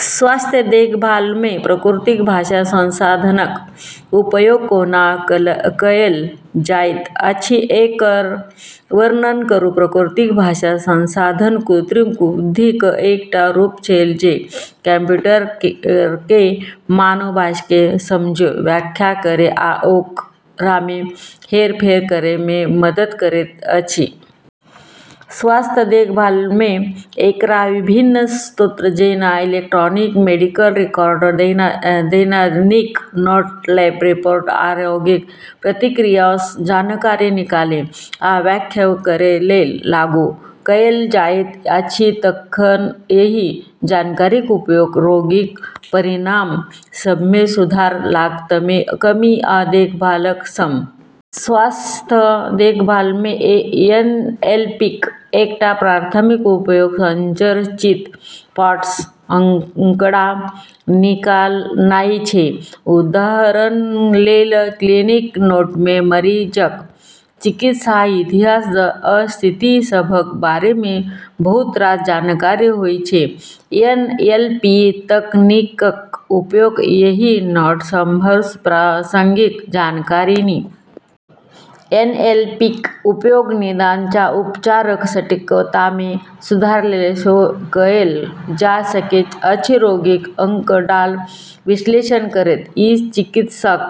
स्वास्थ्य देखभालमे प्राकृतिक भाषा संसाधनक उपयोग कोना कएल जाइत अछि, एकर वर्णन करू। प्राकृतिक भाषा संसाधन कृत्रिम बुद्धिक एकटा रूप छैक जे कंप्यूटरकेँ मानव भाषाकेँ समझै, व्याख्या करै आ ओकरामे हेरफेर करैमे मदद करैत अछि। स्वास्थ्य देखभालमे एकरा विभिन्न स्रोत जेना इलेक्ट्रॉनिक मेडिकल रिकॉर्ड, नैदानिक नोट, लैब रिपोर्ट, आ रोगीक प्रतिक्रियासँ जानकारी निकालै आ व्याख्या करैलेल लागू कएल जाइत अछि। तखन एहि जानकारीक उपयोग रोगीक परिणाम सभमे सुधार, लागतमे कमी आ देखभालक समग्र गुणवत्तामे वृद्धिलेल कएल जाइत अछि। स्वास्थ्य देखभालमे एनएलपीक एकटा प्राथमिक उपयोग असंरचित पाठसँ आंकड़ा निकालनाइ छै। उदाहरणलेल, क्लिनिकल नोटमे मरीजक चिकित्सा इतिहास आ स्थिति सभक बारेमे बहुत रास जानकारी होइत छै। एनएलपी तकनीकक उपयोग एहि नोट सभसँ प्रासंगिक जानकारी निकालैलेल कएल जा सकैत अछि, आ ओकरा संरचित आंकड़ामे बदलल जा सकैत अछि जेकर विश्लेषण आ कारबाई कएल जा सकैत अछि। एनएलपीक उपयोग निदान आ उपचारक सटीकतामे सुधारलेल सेहो कएल जा सकैत अछि। रोगीक आंकड़ाक विश्लेषण करैत, ई चिकित्सक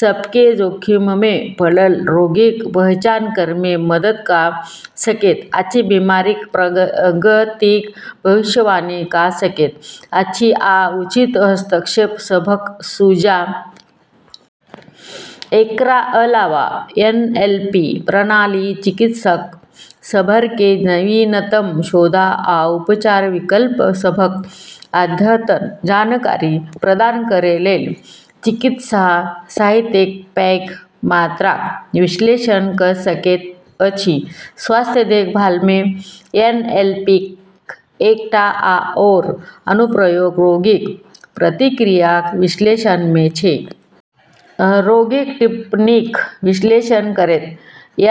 सभकेँ जोखिममे पड़ल रोगीक पहचान करैमे मदद कऽ सकैत अछि, बीमारीक प्रगतिक भविष्यवाणी कऽ सकैत अछि आ उचित हस्तक्षेप सभक सुझाव दऽ सकैत अछि। एकरा अलावा, एनएलपी प्रणाली चिकित्सक सभकेँ नवीनतम शोध आ उपचार विकल्प सभक अद्यतन जानकारी प्रदान करैलेल चिकित्सा साहित्यक पैघ मात्राक विश्लेषण कऽ सकैत अछि। स्वास्थ्य देखभालमे एनएलपीक एकटा आओर अनुप्रयोग रोगीक प्रतिक्रियाक विश्लेषणमे छै। रोगीक टिप्पणीक विश्लेषण करैत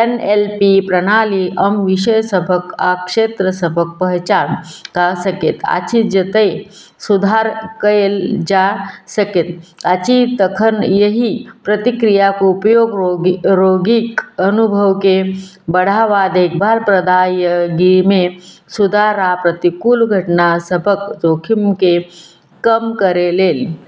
एनएलपी प्रणाली आम विषय सभक आ क्षेत्र सभक पहचान कऽ सकैत अछि जतय सुधार कएल जा सकैत अछि। तखन एहि प्रतिक्रियाक उपयोग रोगीक अनुभवकेँ बढ़ावा, देखभाल प्रदायगीमे सुधार आ प्रतिकूल घटना सभक जोखिमकेँ कम करैलेल कएल जा सकैत अछि।